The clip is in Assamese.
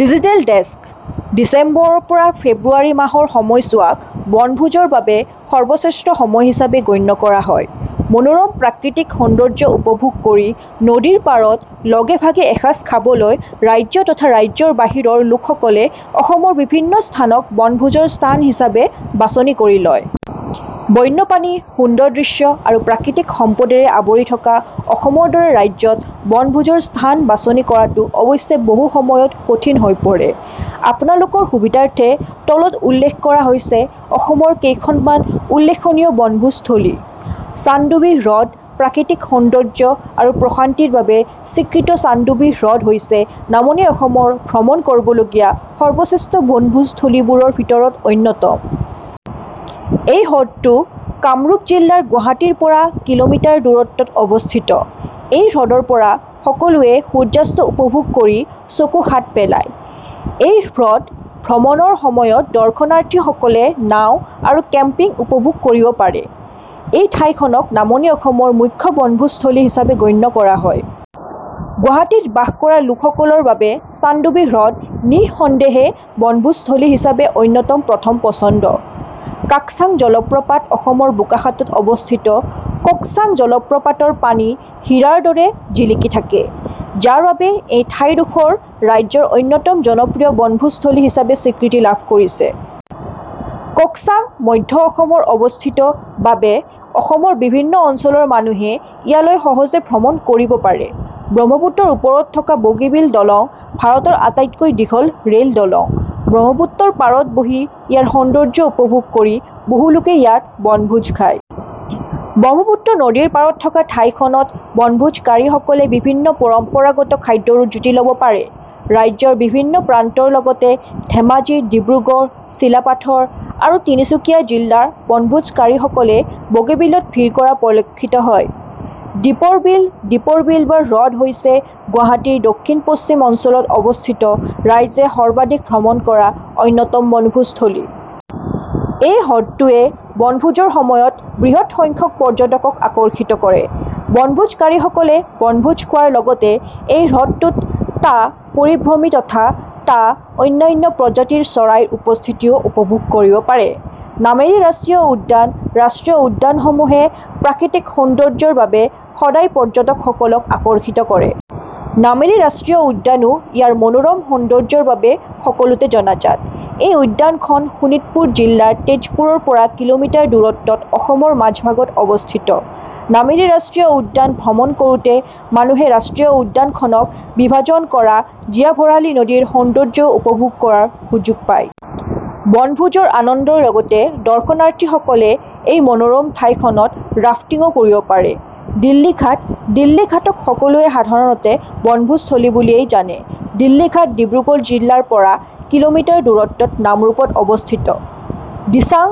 ডিজিটেল ডেস্ক: ডিচেম্বৰৰ পৰা ফেব্ৰুৱাৰী মাহৰ সময়ছোৱাক বনভোজৰ বাবে সৰ্বশ্ৰেষ্ঠ সময় হিচাপে গণ্য কৰা হয়। মনোৰম প্ৰাকৃতিক সৌন্দৰ্য উপভোগ কৰি নদীৰ পাৰত লগে-ভাগে এসাজ খাবলৈ ৰাজ্য তথা ৰাজ্যৰ বাহিৰৰ লোকসকলে অসমৰ বিভিন্ন স্থানক বনভোজৰ স্থান হিচাপে বাছনি কৰি লয়। বন্যপ্ৰাণী, সুন্দৰ দৃশ্য আৰু প্ৰাকৃতিক সম্পদেৰে আৱৰি থকা অসমৰ দৰে ৰাজ্যত বনভোজৰ স্থান বাছনি কৰাটো অৱশ্যে বহুসময়ত কঠিন হৈ পৰে। আপোনালোকৰ সুবিধাৰ্থে তলত উল্লেখ কৰা হৈছে অসমৰ কেইখনমান উল্লেখনীয় বনভোজস্থলী- চানডুবি হ্ৰদ প্ৰাকৃতিক সৌন্দৰ্য আৰু প্ৰশান্তিৰ বাবে স্বীকৃত চানডুবি হ্ৰদ হৈছে নামনি অসমৰ ভ্ৰমণ কৰিবলগীয়া সৰ্বশ্ৰেষ্ঠ বনভোজস্থলীবোৰৰ ভিতৰত অন্যতম। এই হ্ৰদটো কামৰূপ জিলাৰ গুৱাহাটীৰ পৰা কিলোমিটাৰ দূৰত্বত অৱস্থিত। এই হ্ৰদৰ পৰা সকলোয়ে সূৰ্যাস্ত উপভোগ কৰি চকু শাত পেলায়। এই হ্ৰদ ভ্ৰমণৰ সময়ত দৰ্শনাৰ্থীসকলে নাও আৰু কেম্পিং উপভোগ কৰিব পাৰে। এই ঠাইখনক নামনি অসমৰ মুখ্য বনভোজস্থলী হিচাপে গণ্য কৰা হয়। গুৱাহাটীত বাস কৰা লোকসকলৰ বাবে চানডুবি হ্ৰদ নি:সন্দেহে বনভোজস্থলী হিচাপে অন্যতম প্ৰথম পছন্দ। কাকচাং জলপ্ৰপাত অসমৰ বোকাখাতত অৱস্থিত কোকাচাং জলপ্ৰপাতৰ পানী হীৰাৰ দৰে জিলিকি থাকে। যাৰ বাবে এই ঠাইডোখৰ ৰাজ্যৰ অন্যতম জনপ্ৰিয় বনভোজস্থলী হিচাপে স্বীকৃতি লাভ কৰিছে। কোকচাং মধ্য অসমৰ অৱস্থিত বাবে অসমৰ বিভিন্ন অঞ্চলৰ মানুহে ইয়ালৈ সহজে ভ্ৰমণ কৰিব পাৰে। ব্ৰহ্মপুত্ৰৰ ওপৰত থকা বগীবিল দলং ভাৰতৰ আটাইতকৈ দীঘল ৰেলদলং। ব্ৰহ্মপুত্ৰৰ পাৰত বহি ইয়াৰ সৌন্দৰ্য উপভোগ কৰি বহু লোকে ইয়াত বনভোজ খায়। ব্ৰহ্মপুত্ৰ নদীৰ পাৰত থকা ঠাইখনত বনভোজকাৰীসকলে বিভিন্ন পৰম্পৰাগত খাদ্যৰো জুতি লব পাৰে। ৰাজ্যৰ বিভিন্ন প্ৰান্তৰ লগতে ধেমাজি, ডিব্ৰুগড়, চিলাপাথৰ আৰু তিনিচুকীয়া জিলাৰ বনভোজকাৰীসকলে বগীবিলত ভিৰ কৰা পৰিলক্ষিত হয়। দীপৰ বিল দীপৰ বিল বা হ্ৰদ হৈছে গুৱাহাটীৰ দক্ষিণ-পশ্চিম অঞ্চলত অৱস্থিত ৰাইজে সৰ্বাধিক ভ্ৰমণ কৰা অন্যতম বনভোজস্থলী। এই হ্ৰদটোৱে বনভোজৰ সময়ত বৃহৎ সংখ্যক পৰ্যটকক আকৰ্ষিত কৰে। বনভোজকাৰীসকলে বনভোজ খোৱাৰ লগতে এই হ্ৰদটোত টা পৰিভ্ৰমী তথা টা অন্যান্য প্ৰজাতিৰ চৰাইৰ উপস্থিতিও উপভোগ কৰিব পাৰে। নামেৰী ৰাষ্ট্ৰীয় উদ্যান ৰাষ্ট্ৰীয় উদ্যানসমূহে প্ৰাকৃতিক সৌন্দৰ্যৰ বাবে সদায় পৰ্যটকসকলক আকৰ্ষিত কৰে। নামেৰী ৰাষ্ট্ৰীয় উদ্যানো ইয়াৰ মনোৰম সৌন্দৰ্যৰ বাবে সকলোতে জনাজাত। এই উদ্যানখন শোণিতপুৰ জিলাৰ তেজপুৰৰ পৰা কিলোমিটাৰ দূৰত্বত অসমৰ মাজভাগত অৱস্থিত। নামেৰী ৰাষ্ট্ৰীয় উদ্যান ভ্ৰমণ কৰোতে মানুহে ৰাষ্ট্ৰীয় উদ্যানখনক বিভাজন কৰা জীয়া ভৰালী নদীৰ সৌন্দৰ্যও উপভোগ কৰাৰ সুযোগ পায়। বনভোজৰ আনন্দৰ লগতে দৰ্শনাৰ্থীসকলে এই মনোৰম ঠাইখনত ৰাফ্টিঙো কৰিব পাৰে। দিল্লী ঘাট দিল্লী ঘাটক সকলোৱে সাধাৰণতে বনভোজস্থলী বুলিয়েই জানে। দিল্লী ঘাট ডিব্ৰুগড় জিলাৰ পৰা কিলোমিটাৰ দূৰত্বত নামৰূপত অৱস্থিত। দিচাং